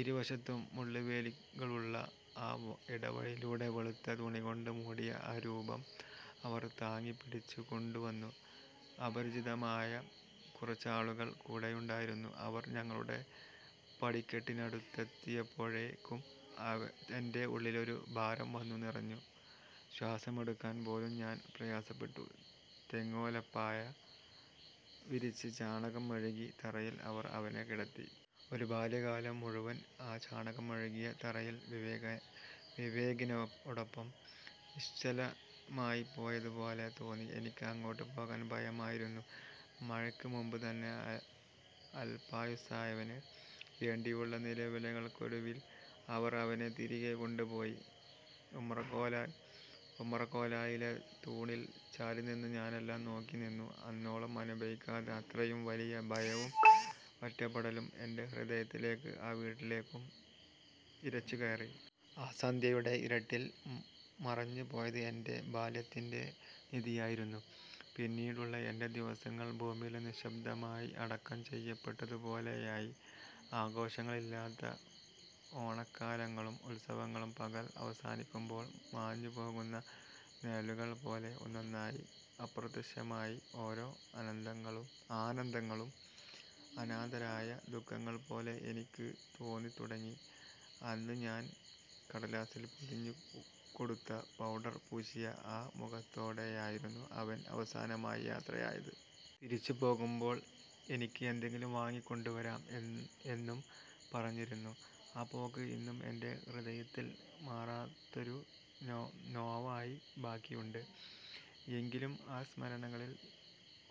ഇരുവശത്തും മുള്ളുവേലികളുള്ള ആ ഇടവഴിയിലൂടെ, വെളുത്ത തുണികൊണ്ട് മൂടിയ ആ രൂപം അവർ താങ്ങിപ്പിടിച്ചു കൊണ്ടുവന്നു. അപരിചിതരായ കുറച്ച് ആളുകൾ കൂടെയുണ്ടായിരുന്നു. അവർ ഞങ്ങളുടെ പടിക്കെട്ടിനടുത്തെത്തിയപ്പോഴേക്കും എന്റെ ഉള്ളിലൊരു ഭാരം വന്നു നിറഞ്ഞു. ശ്വാസമെടുക്കാൻ പോലും ഞാൻ പ്രയാസപ്പെട്ടു. തെങ്ങോലപ്പായ വിരിച്ച്, ചാണകം മെഴുകിയ തറയിൽ അവർ അവനെ കിടത്തി. ഒരു ബാല്യകാലം മുഴുവൻ ആ ചാണകം മെഴുകിയ തറയിൽ വിവേകിനോടൊപ്പം നിശ്ചലമായിപ്പോയതുപോലെ തോന്നി. എനിക്ക് അങ്ങോട്ട് പോകാൻ ഭയമായിരുന്നു. മഴയ്ക്ക് മുമ്പ് തന്നെ അൽപായുസ്സായവന് വേണ്ടിയുള്ള നിലവിളികൾക്കൊടുവിൽ അവർ അവനെ തിരികെ കൊണ്ടുപോയി. ഉമ്മറക്കോലായിലെ തൂണിൽ ചാരിനിന്ന് ഞാനെല്ലാം നോക്കി നിന്നു. അന്നോളം അനുഭവിക്കാത്ത അത്രയും വലിയ ഭയവും ഒറ്റപ്പെടലും എന്റെ ഹൃദയത്തിലേക്കും ആ വീട്ടിലേക്കും ഇരച്ചുകയറി. ആ സന്ധ്യയുടെ ഇരുട്ടിൽ മറഞ്ഞുപോയത് എന്റെ ബാല്യത്തിന്റെ നിധിയായിരുന്നു. പിന്നീടുള്ള എന്റെ ദിവസങ്ങൾ ഭൂമിയിൽ നിശ്ശബ്ദമായി അടക്കം ചെയ്യപ്പെട്ടതുപോലെയായി. ആഘോഷങ്ങളില്ലാത്ത ഓണക്കാലങ്ങളും ഉത്സവങ്ങളും പകൽ അവസാനിക്കുമ്പോൾ മാഞ്ഞുപോകുന്ന നിഴലുകൾ പോലെ ഒന്നൊന്നായി അപ്രത്യക്ഷമായി. ഓരോ ആനന്ദങ്ങളും അനാഥരായ ദുഃഖങ്ങൾ പോലെ എനിക്ക് തോന്നിത്തുടങ്ങി. അന്ന് ഞാൻ കടലാസിൽ പൊതിഞ്ഞു കൊടുത്ത പൗഡർ പൂശിയ ആ മുഖത്തോടെയായിരുന്നു അവൻ അവസാനമായി യാത്രയായത്. തിരിച്ച് പോരുമ്പോൾ എനിക്ക് എന്തെങ്കിലും വാങ്ങി കൊണ്ടുവരാം എന്നും പറഞ്ഞിരുന്നു. ആ പോക്ക് ഇന്നും എന്റെ ഹൃദയത്തിൽ മാറാത്തൊരു നോവായി ബാക്കിയുണ്ട്. എങ്കിലും ആ സ്മരണകളിൽ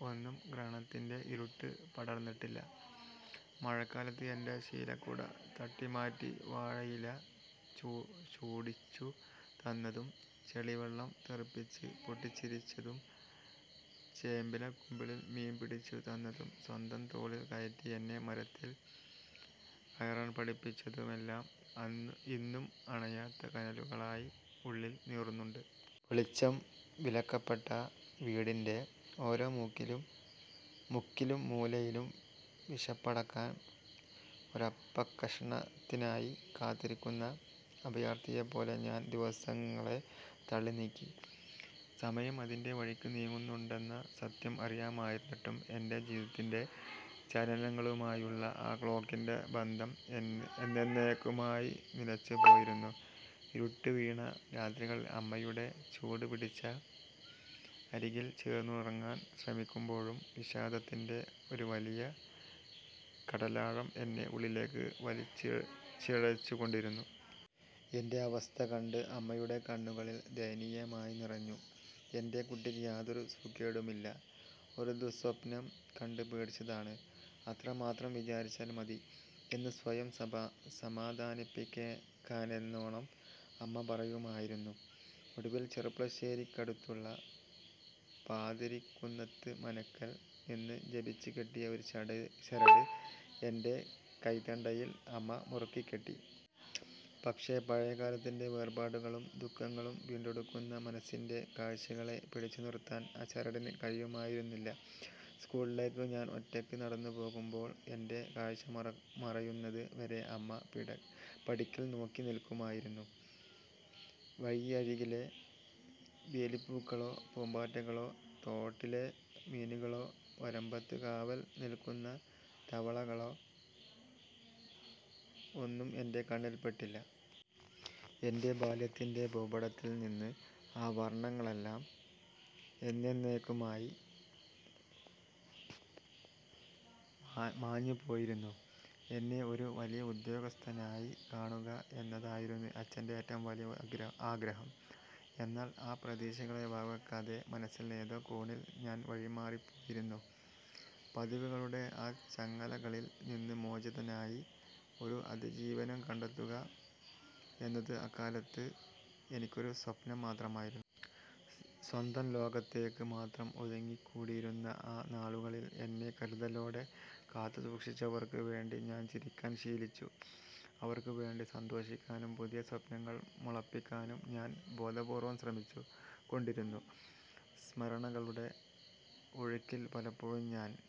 ഒന്നും ഗ്രഹണത്തിന്റെ ഇരുട്ട് പടർന്നിട്ടില്ല. മഴക്കാലത്ത് എന്റെ ശീലക്കുട തട്ടിമാറ്റി വാഴയില ചൂടിച്ചു തന്നതും, ചെളിവെള്ളം തെറിപ്പിച്ച് പൊട്ടിച്ചിരിച്ചതും, ചേമ്പില കുമ്പിളിൽ മീൻ പിടിച്ചു തന്നതും, സ്വന്തം തോളിൽ കയറ്റി എന്നെ മരത്തിൽ കയറാൻ പഠിപ്പിച്ചതുമെല്ലാം ഇന്നും അണയാത്ത കനലുകളായി ഉള്ളിൽ നീറുന്നുണ്ട്. വെളിച്ചം വിലക്കപ്പെട്ട വീടിന്റെ ഓരോ മുക്കിലും മൂലയിലും, വിശപ്പടക്കാൻ ഒരപ്പക്കഷണത്തിനായി കാത്തിരിക്കുന്ന അഭയാർത്ഥിയെപ്പോലെ ഞാൻ ദിവസങ്ങളെ തള്ളിനീക്കി. സമയം അതിന്റെ വഴിക്ക് നീങ്ങുന്നുണ്ടെന്ന സത്യം അറിയാമായിരുന്നിട്ടും, എന്റെ ജീവിതത്തിന്റെ ചലനങ്ങളുമായുള്ള ആ ക്ലോക്കിന്റെ ബന്ധം എന്നെന്നേക്കുമായി നിലച്ചുപോയിരുന്നു. ഇരുട്ടു വീണ രാത്രികളിൽ അമ്മയുടെ ചൂടുപിടിച്ച അരികിൽ ചേർന്നുറങ്ങാൻ ശ്രമിക്കുമ്പോഴും, വിഷാദത്തിന്റെ ഒരു വലിയ കടലാഴം എന്നെ ഉള്ളിലേക്ക് വലിച്ചിഴച്ചുകൊണ്ടിരുന്നു. എന്റെ അവസ്ഥ കണ്ട് അമ്മയുടെ കണ്ണുകളിൽ ദയനീയമായി നിറഞ്ഞു. "എന്റെ കുട്ടിക്ക് യാതൊരു സൂക്കേടുമില്ല... ഒരു ദുഃസ്വപ്നം കണ്ട് പേടിച്ചതാണ്, അത്രമാത്രം വിചാരിച്ചാൽ മതി," എന്ന് സ്വയം സമാധാനിപ്പിക്കാനെന്നോണം അമ്മ പറയുമായിരുന്നു. ഒടുവിൽ ചെർപ്പുളശ്ശേരിക്കടുത്തുള്ള പാതിരിക്കുന്നത്ത് മനയ്ക്കൽ നിന്ന് ജപിച്ചുകെട്ടിയ ഒരു ചരട് എന്റെ കൈത്തണ്ടയിൽ അമ്മ മുറുക്കിക്കെട്ടി. പക്ഷേ, പഴയകാലത്തിന്റെ വേർപാടുകളും ദുഃഖങ്ങളും വീണ്ടെടുക്കുന്ന മനസ്സിന്റെ കാഴ്ചകളെ പിടിച്ചുനിർത്താൻ ആ ചരടിന് കഴിയുമായിരുന്നില്ല. സ്കൂളിലേക്ക് ഞാൻ ഒറ്റയ്ക്ക് നടന്നുപോകുമ്പോൾ, എന്റെ കാഴ്ച മറയുന്നത് വരെ അമ്മ പടിക്കൽ നോക്കി നിൽക്കുമായിരുന്നു. വഴിയരികിലെ വേലിപ്പൂക്കളോ, പൂമ്പാറ്റകളോ, തോട്ടിലെ മീനുകളോ, വരമ്പത്ത് കാവൽ നിൽക്കുന്ന തവളകളോ ഒന്നും എന്റെ കണ്ണിൽ പെട്ടില്ല. എന്റെ ബാല്യത്തിന്റെ ഭൂപടത്തിൽ നിന്ന് ആ വർണ്ണങ്ങളെല്ലാം എന്നെന്നേക്കുമായി മാഞ്ഞുപോയിരുന്നു. എന്നെ ഒരു വലിയ ഉദ്യോഗസ്ഥനായി കാണുക എന്നതായിരുന്നു അച്ഛന്റെ ഏറ്റവും വലിയ ആഗ്രഹം. എന്നാൽ ആ പ്രതീക്ഷകളെ വകവെക്കാതെ, മനസ്സിന്റെ ഏതോ കോണിൽ ഞാൻ വഴിമാറിപ്പോയിരുന്നു. പതിവുകളുടെ ആ ചങ്ങലകളിൽ നിന്ന് മോചിതനായി ഒരു അതിജീവനം കണ്ടെത്തുക എന്നത് അക്കാലത്ത് എനിക്കൊരു സ്വപ്നം മാത്രമായിരുന്നു. സ്വന്തം ലോകത്തേക്ക് മാത്രം ഒതുങ്ങിക്കൂടിയിരുന്ന ആ നാളുകളിൽ, എന്നെ കരുതലോടെ കാത്തുസൂക്ഷിച്ചവർക്ക് വേണ്ടി ഞാൻ ചിരിക്കാൻ ശീലിച്ചു. അവർക്ക് വേണ്ടി സന്തോഷിക്കാനും പുതിയ സ്വപ്നങ്ങൾ മുളപ്പിക്കാനും ഞാൻ ബോധപൂർവ്വം ശ്രമിച്ചു കൊണ്ടിരുന്നു. സ്മരണകളുടെ ഒഴുക്കിൽ പലപ്പോഴും ഞാൻ